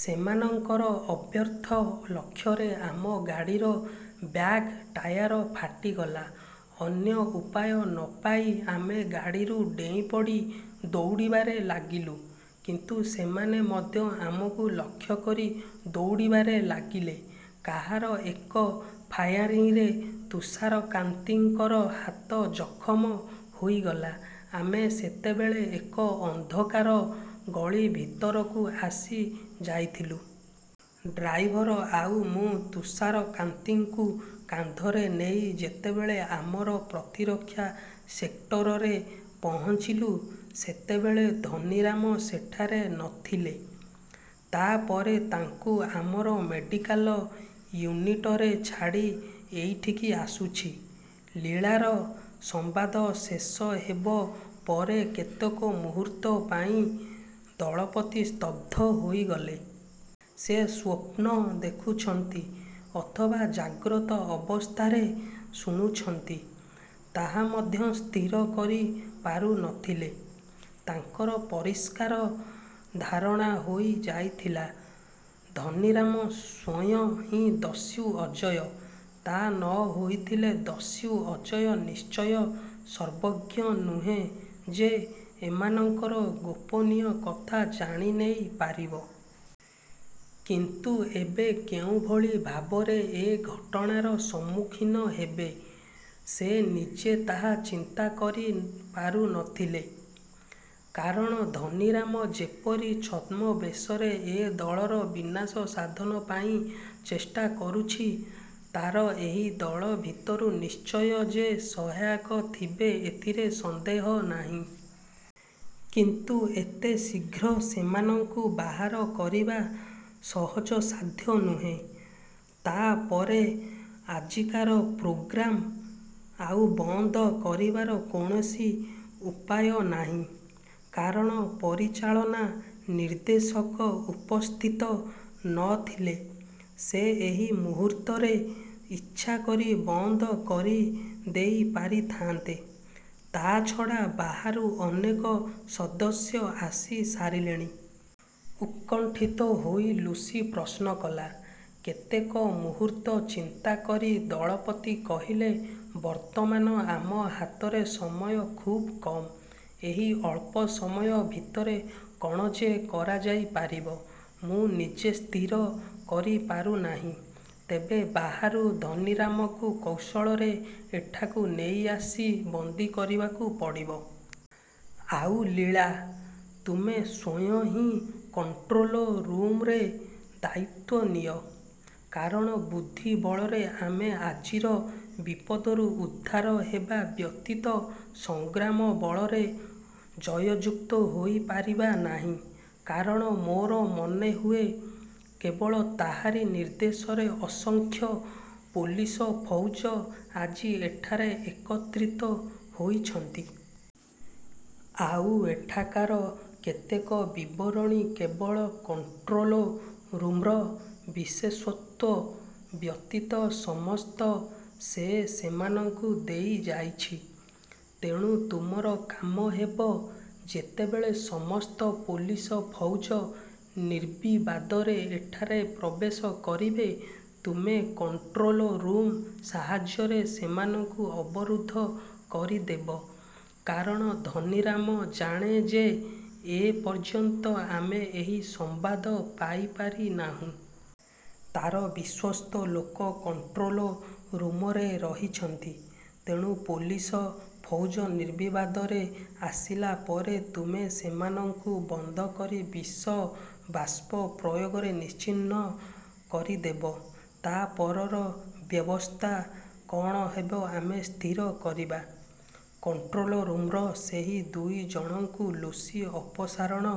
ସେମାନଙ୍କର ଅବ୍ୟର୍ଥ ଲକ୍ଷ୍ୟରେ ଆମ ଗାଡ଼ିର ବ୍ୟାକ୍ ଟାୟାର ଫାଟିଗଲା। ଅନ୍ୟ ଉପାୟ ନ ପାଇ ଆମେ ଗାଡ଼ିରୁ ଡେଇଁପଡ଼ି ଦୌଡ଼ିବାରେ ଲାଗିଲୁ। କିନ୍ତୁ ସେମାନେ ମଧ୍ୟ ଆମକୁ ଲକ୍ଷ୍ୟ କରି ଦୌଡ଼ିବାରେ ଲାଗିଲେ। କାହାର ଏକ ଫାୟାରିଂରେ ତୁଷାରକାନ୍ତିଙ୍କର ହାତ ଜଖମ ହୋଇଗଲା। ଆମେ ସେତେବେଳେ ଏକ ଅନ୍ଧକାର ଗଳି ଭିତରକୁ ଆସି ଯାଇଥିଲୁ। ଡ୍ରାଇଭର ଆଉ ମୁଁ ତୁଷାରକାନ୍ତିଙ୍କୁ କାନ୍ଧରେ ନେଇ ଯେତେବେଳେ ଆମର ପ୍ରତିରକ୍ଷା ସେକ୍ଟରରେ ପହଞ୍ଚିଲୁ, ସେତେବେଳେ ଧନୀରାମ ସେଠାରେ ନ ଥିଲେ। ତା ପରେ ତାଙ୍କୁ ଆମର ମେଡିକାଲ ୟୁନିଟରେ ଛାଡ଼ି ଏଇଠିକି ଆସୁଛି। ଲୀଳାର ସମ୍ବାଦ ଶେଷ ହେବ ପରେ କେତେକ ମୁହୂର୍ତ୍ତ ପାଇଁ ଦଳପତି ସ୍ତବ୍ଧ ହୋଇଗଲେ। ସେ ସ୍ୱପ୍ନ ଦେଖୁଛନ୍ତି ଅଥବା ଜାଗ୍ରତ ଅବସ୍ଥାରେ ଶୁଣୁଛନ୍ତି, ତାହା ମଧ୍ୟ ସ୍ଥିର କରି ପାରୁ ନ ଥିଲେ। ତାଙ୍କର ପରିଷ୍କାର ଧାରଣା ହୋଇ ଯାଇଥିଲା, ଧନୀରାମ ସ୍ୱୟଂ ହିଁ ଦସ୍ୟୁ ଅଜୟ-। ତା ନ ହୋଇଥିଲେ ଦସ୍ୟୁ ଅଜୟ ନିଶ୍ଚୟ ସର୍ବଜ୍ଞ ନୁହେଁ ଯେ, ଏମାନଙ୍କର ଗୋପନୀୟ କଥା ଜାଣି ନେଇ ପାରିବ। କିନ୍ତୁ ଏବେ କେଉଁଭଳି ଭାବରେ ଏ ଘଟଣାର ସମ୍ମୁଖୀନ ହେବେ, ସେ ନିଜେ ତାହା ଚିନ୍ତା କରି ପାରୁ ନ ଥିଲେ। କାରଣ ଧନୀରାମ ଯେପରି ଛଦ୍ମବେଶରେ ଏ ଦଳର ବିନାଶ ସାଧନ ପାଇଁ ଚେଷ୍ଟା କରୁଛି, ତାର ଏହି ଦଳ ଭିତରୁ ନିଶ୍ଚୟ ଯେ ସହାୟକ ଥିବେ ଏଥିରେ ସନ୍ଦେହ ନାହିଁ। କିନ୍ତୁ ଏତେ ଶୀଘ୍ର ସେମାନଙ୍କୁ ବାହାର କରିବା ସହଜସାଧ୍ୟ ନୁହେଁ। ତା ପରେ ଆଜିକାର ପ୍ରୋଗ୍ରାମ୍ ଆଉ ବନ୍ଦ କରିବାର କୌଣସି ଉପାୟ ନାହିଁ। କାରଣ ପରିଚାଳନା-ନିର୍ଦ୍ଦେଶକ ଉପସ୍ଥିତ ନ ଥିଲେ, ସେ ଏହି ମୁହୂର୍ତ୍ତରେ ଇଚ୍ଛା କରି ବନ୍ଦ କରି ଦେଇ ପାରିଥାଆନ୍ତେ। ତା ଛଡ଼ା ବାହାରୁ ଅନେକ ସଦସ୍ୟ ଆସି ସାରିଲେଣି। ଉତ୍କଣ୍ଠିତ ହୋଇ ଲୁସି ପ୍ରଶ୍ନ କଲା। କେତେକ ମୁହୂର୍ତ୍ତ ଚିନ୍ତା କରି ଦଳପତି କହିଲେ-ବର୍ତ୍ତମାନ ଆମ ହାତରେ ସମୟ ଖୁବ୍ କମ୍। ଏହି ଅଳ୍ପ ସମୟ ଭିତରେ କଣ ଯେ କରାଯାଇ ପାରିବ, ମୁଁ ନିଜେ ସ୍ଥିର କରି ପାରୁ ନାହିଁ। ତେବେ ବାହାରୁ ଧନୀରାମକୁ କୌଶଳରେ ଏଠାକୁ ନେଇ ଆସି ବନ୍ଦୀ କରିବାକୁ ପଡ଼ିବ। ଆଉ ଲୀଳା, ତୁମେ ସ୍ୱୟଂ ହିଁ କଣ୍ଟ୍ରୋଲ ରୁମ୍ ରେ ଦାୟିତ୍ୱ ନିଅ। କାରଣ ବୁଦ୍ଧି ବଳରେ ଆମେ ଆଜିର ବିପଦରୁ ଉଦ୍ଧାର ହେବା ବ୍ୟତୀତ ସଂଗ୍ରାମ ବଳରେ ଜୟଯୁକ୍ତ ହୋଇ ପାରିବା ନାହିଁ। କାରଣ ମୋର ମନେହୁଏ, କେବଳ ତାହାରି ନିର୍ଦ୍ଦେଶରେ ଅସଂଖ୍ୟ ପୋଲିସ ଫୌଜ ଆଜି ଏଠାରେ ଏକତ୍ରିତ ହୋଇଛନ୍ତି। ଆଉ ଏଠାକାର କେତେକ ବିବରଣୀ କେବଳ କଣ୍ଟ୍ରୋଲ ରୁମ୍ର ବିଶେଷତ୍ୱ ବ୍ୟତୀତ ସମସ୍ତ ସେ ସେମାନଙ୍କୁ ଦେଇ ଯାଇଛି। ତେଣୁ ତୁମର କାମ ହେବ-ଯେତେବେଳେ ସମସ୍ତ ପୋଲିସ ଫୌଜ ନିର୍ବିବାଦରେ ଏଠାରେ ପ୍ରବେଶ କରିବେ, ତୁମେ କଣ୍ଟ୍ରୋଲ ରୁମ୍ ସାହାଯ୍ୟରେ ସେମାନଙ୍କୁ ଅବରୁଦ୍ଧ କରିଦେବ। କାରଣ ଧନୀରାମ ଜାଣେ ଯେ, ଏ ପର୍ଯ୍ୟନ୍ତ ଆମେ ଏହି ସମ୍ବାଦ ପାଇ ପାରି ନାହୁଁ। ତାର ବିଶ୍ୱସ୍ତ ଲୋକ କଣ୍ଟ୍ରୋଲ ରୁମରେ ରହିଛନ୍ତି। ତେଣୁ ପୋଲିସ ଫୌଜ ନିର୍ବିବାଦରେ ଆସିଲା ପରେ ତୁମେ ସେମାନଙ୍କୁ ବନ୍ଦ କରି ବିଷ ବାଷ୍ପ ପ୍ରୟୋଗରେ ନିଶ୍ଚିହ୍ନ କରିଦେବ। ତା ପରର ବ୍ୟବସ୍ଥା କଣ ହେବ ଆମେ ସ୍ଥିର କରିବା। କଣ୍ଟ୍ରୋଲ ରୁମ୍ର ସେହି ଦୁଇ ଜଣଙ୍କୁ ଲୁସି ଅପସାରଣ